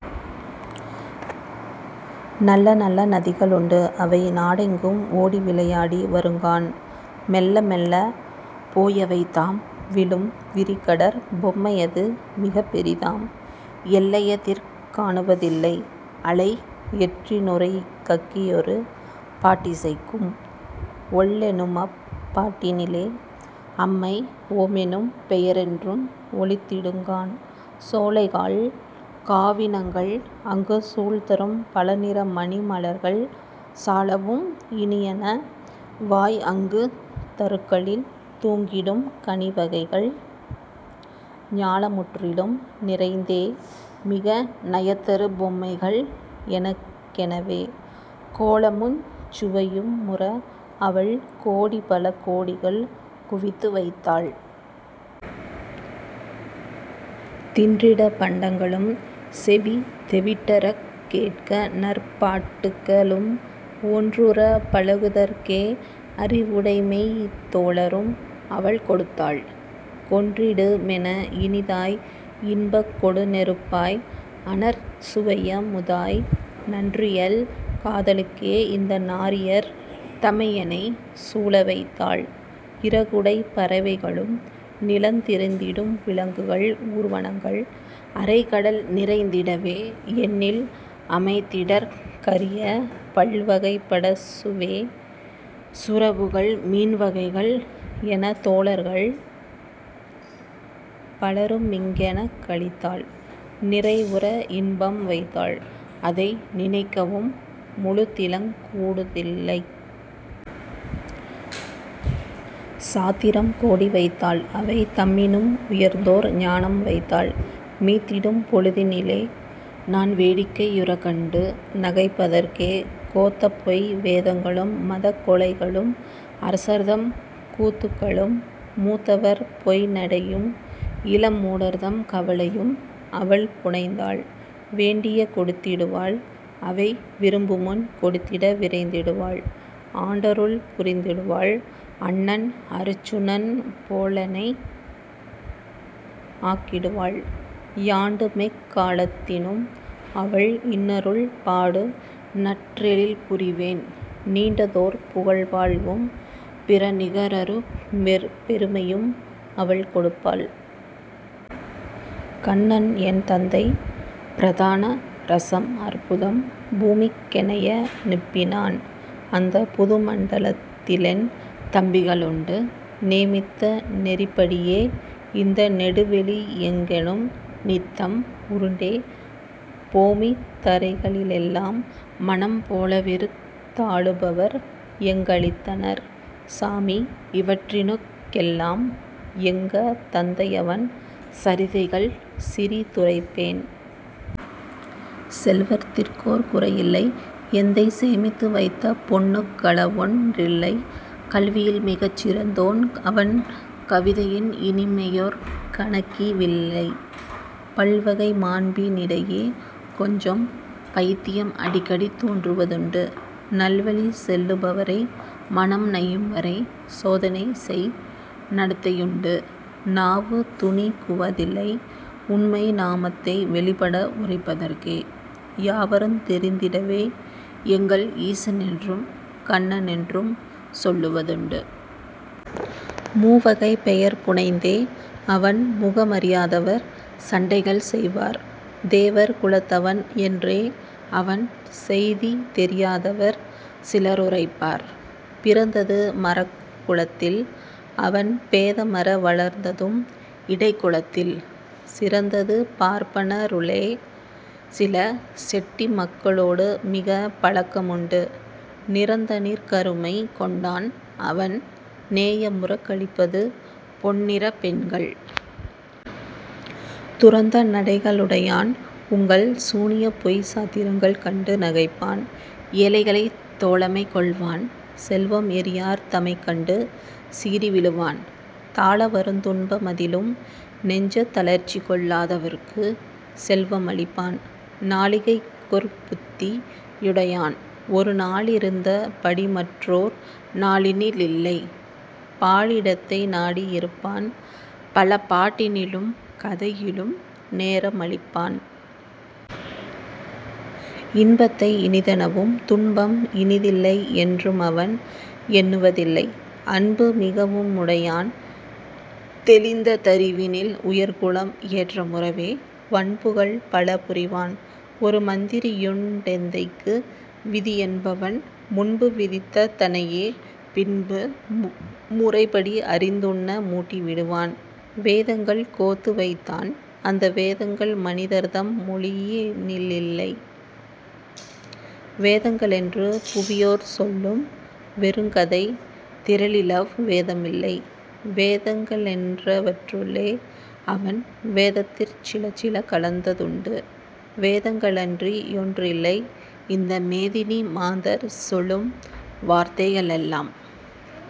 நல்லநல்ல நதிகளுண்டு அவை நாடெங்கும் ஓடிவிளை யாடி வருங்காண்; மெல்ல மெல்லப் போயவை தாம் விழும் விரிகடற் பொம்மையது மிகப் பெரிதாம்; எல்லையதிற் காணுவ தில்லை; அலை எற்றிநுரை கக்கியொரு பாட்டிசைக்கும்; ஒல்லெனுமப் பாட்டினிலே அம்மை ஓமெனும் பெயரென்றும் ஒலித்திடுங் காண். சோலைகள் காவினங் கள் அங்கு சூழ்தரும் பலநிற மணிமலர் கள் சாலவும் இனியன வாய் அங்கு தருக்களில் தூங்கிடும் கனிவகை கள் ஞாலமுற்றிலும் நிறைந் தே மிக நயந்தரு பொம்மைகள் எனக்கென வே; கோலமுஞ் சுவையு முற அவள் கோடிபல கோடிகள் குவித்துவைத் தாள். தின்றிடப் பண்டங்களும் செவி தெவிட்டறக் கேட்கநற் பாட்டுக்க ளும், ஒன்றுறப் பழகுதற் கே அறி வுடையமெய்த் தோழரும் அவள்கொடுத் தாள்; கொன்றிடு மெனஇனி தாய் இன்பக் கொடுநெருப் பாய் அனற் சுவையமு தாய், நன்றியல் காதலுக் கே இந்த நாரியர் தமையெனைச் சூழவைத் தாள். இறகுடைப் பறவைக ளும் நிலந் திரிந்திடும் விலங்குகள் ஊர்வனங்கள் அறைகடல் நிறைந்திட வே எண்ணில் அமைத்திடற் கரியபல் வகைப்பட வே சுறவுகள் மீன்வகை கள் எனத் தோழர்கள் பலருமிங் கெனக்களித் தாள்; நிறைவுற இன்பம்வைத் தாள்; அதை நினைக்கவும் முழுதிலுங் கூடுதில்லை. சாத்திரம் கோடி வைத்தாள்; அவை தம்மினும் உயர்ந்தோர் ஞானம் வைத்தாள்; மீத்திடும் பொழுதினி லே நான் வேடிக்கை யுறக்கண்டு நகைப்பதற் கே கோத்தபொய் வேதங்களும் மதக் கொலைகளும் அரசர்தம் கூத்துக்க ளும் மூத்தவர் பொய்ந்நடை யும் இள மூடர்தம் கவலையும் அவள்புனைந் தாள்; வேண்டிய கொடுத்திடு வாள்; அவை விரும்புமுன் கொடுத்திட விரைந்திடு வாள்; ஆண்டருள் புரிந்திடு வாள்; அண்ணன் அருச்சுனன் போலெனை ஆக்கிடு வாள்; யாண்டுமெக் காலத்தி னும் அவள் இன்னருள் பாடுநற் றெழில்புரி வேன்; நீண்டதொர் புகழ்வாழ் வும் பிற நிகரறு பெருமையும் அவள் கொடுப்பாள்.. கண்ணன் என் தந்தை ப்ரதான ரஸம் அற்புதம் பூமிக் கெனைய னுப்பி னான்; அந்தப் புதுமண்ட லத்திலென் தம்பிக ளுண்டு; நேமித்த நெறிப்படி யே இந்த நெடுவெளி யெங்கணும் நித்தம் உருண்டே போமித் தரைகளி லெல்லாம் மனம் போலவிருந் தாளுபவர் எங்க ளினத்தார், சாமி இவற்றினுக் கெல்லாம் எங்க தந்தையவன் சரிதைகள் சிறி துரைப்பேன். செல்வத்திற்கோர் குறையில்லை; எந்தை சேமித்து வைத்த பொன்னுக் களவொன் றில்லை; கல்வியில் மிகச் சிறந்தோன் அவன் கவிதையின் இனிமையொர் கணக்கி லில்லை; பல்வகை மாண்பி னிடையே கொஞ்சம் பயித்தியம் அடிக்கடி தோன்றுவ துண்டு; நல்வழி செல்லு பவரை மனம் நையும்வரை சோதனைசெய் நடத்தை யுண்டு. நாவு துணிகுவ தில்லை உண்மை நாமத்தை வெளிப்பட உரைப்பதற்கே; யாவருந் தெரிந்திடவே எங்கள் ஈசனென்றும் கண்ணனென்றும் சொல்லுவதுண்டு. மூவகைப் பெயர் புனைந்தே அவன் முகமறி யாதவர் சண்டைகள் செய்வார்; தேவர் குலத்தவன் என்றே அவன் செய்திதெரி யாதவர் சிலருரைப்பார்.. பிறந்தது மறக் குலத்தில்; அவன் பேதமற வளர்ந்ததும் இடைக்குலத்தில்; சிறந்தது பார்ப்பன ருள்ளே; சில செட்டிமக்க ளோடுமிகப் பழக்க முண்டு; நிறந்தனிற் கருமை கொண்டான்; அவன் நேயமுறக் களிப்பது பொன்னிறப் பெண்கள்! துறந்த நடைக ளுடையான்; உங்கள் சூனியப்பொய்ச் சாத்திரங்கள் கண்டு நகைப்பான். ஏழைகளைத் தோழமை கொள்வான்; செல்வம் ஏறியார் தமைக்கண்டு சீறி விழுவான்; தாழவருந் துன்ப மதிலும் நெஞ்சத் தளர்ச்சிகொள் ளாதவார்க்குச் செல்வ மளிப்பான்; நாழிகைக்கொர் புத்தி யுடையான்; ஒரு நாளிருந்த படிமற்றொர் நாளினி லில்லை. பாழிடத்தை நாடி யிருப்பான்; பல பாட்டினிலும் கதையிலும் நேரமழிப் பான். இன்பத்தை இனிதெனவும் துன்பம் இனிதில்லை யென்றுமவன் எண்ணுவ தில்லை; அன்பு மிகவு முடையான்; தெளிந் தறிவினில் உயிர்க்குலம் ஏற்ற முறவே, வன்புகள் பல புரிவான்; ஒரு மந்திரியுண் டெந்தைக்கு விதியென்பவன்; முன்பு விதித்த தனையே பின்பு முறைப்படி அறிந்துண்ண மூட்டி விடுவான். வேதங்கள் கோத்து வைத்தான் அந்த வேதங்கள் மனிதர்தம் மொழியி லில்லை; வேதங்க ளென்று புவியோர் சொல்லும் வெறுங்கதைத் திரளிலவ் வேதமில்லை; வேதங்க ளென்றவற் றுள்ளே அவன் வேதத்திற் சிலசில கலந்ததுண்டு; வேதங்க ளன்றி யொன்றில்லை இந்த மேதினி மாந்தர் சொலும் வார்த்தைக ளெல்லாம்.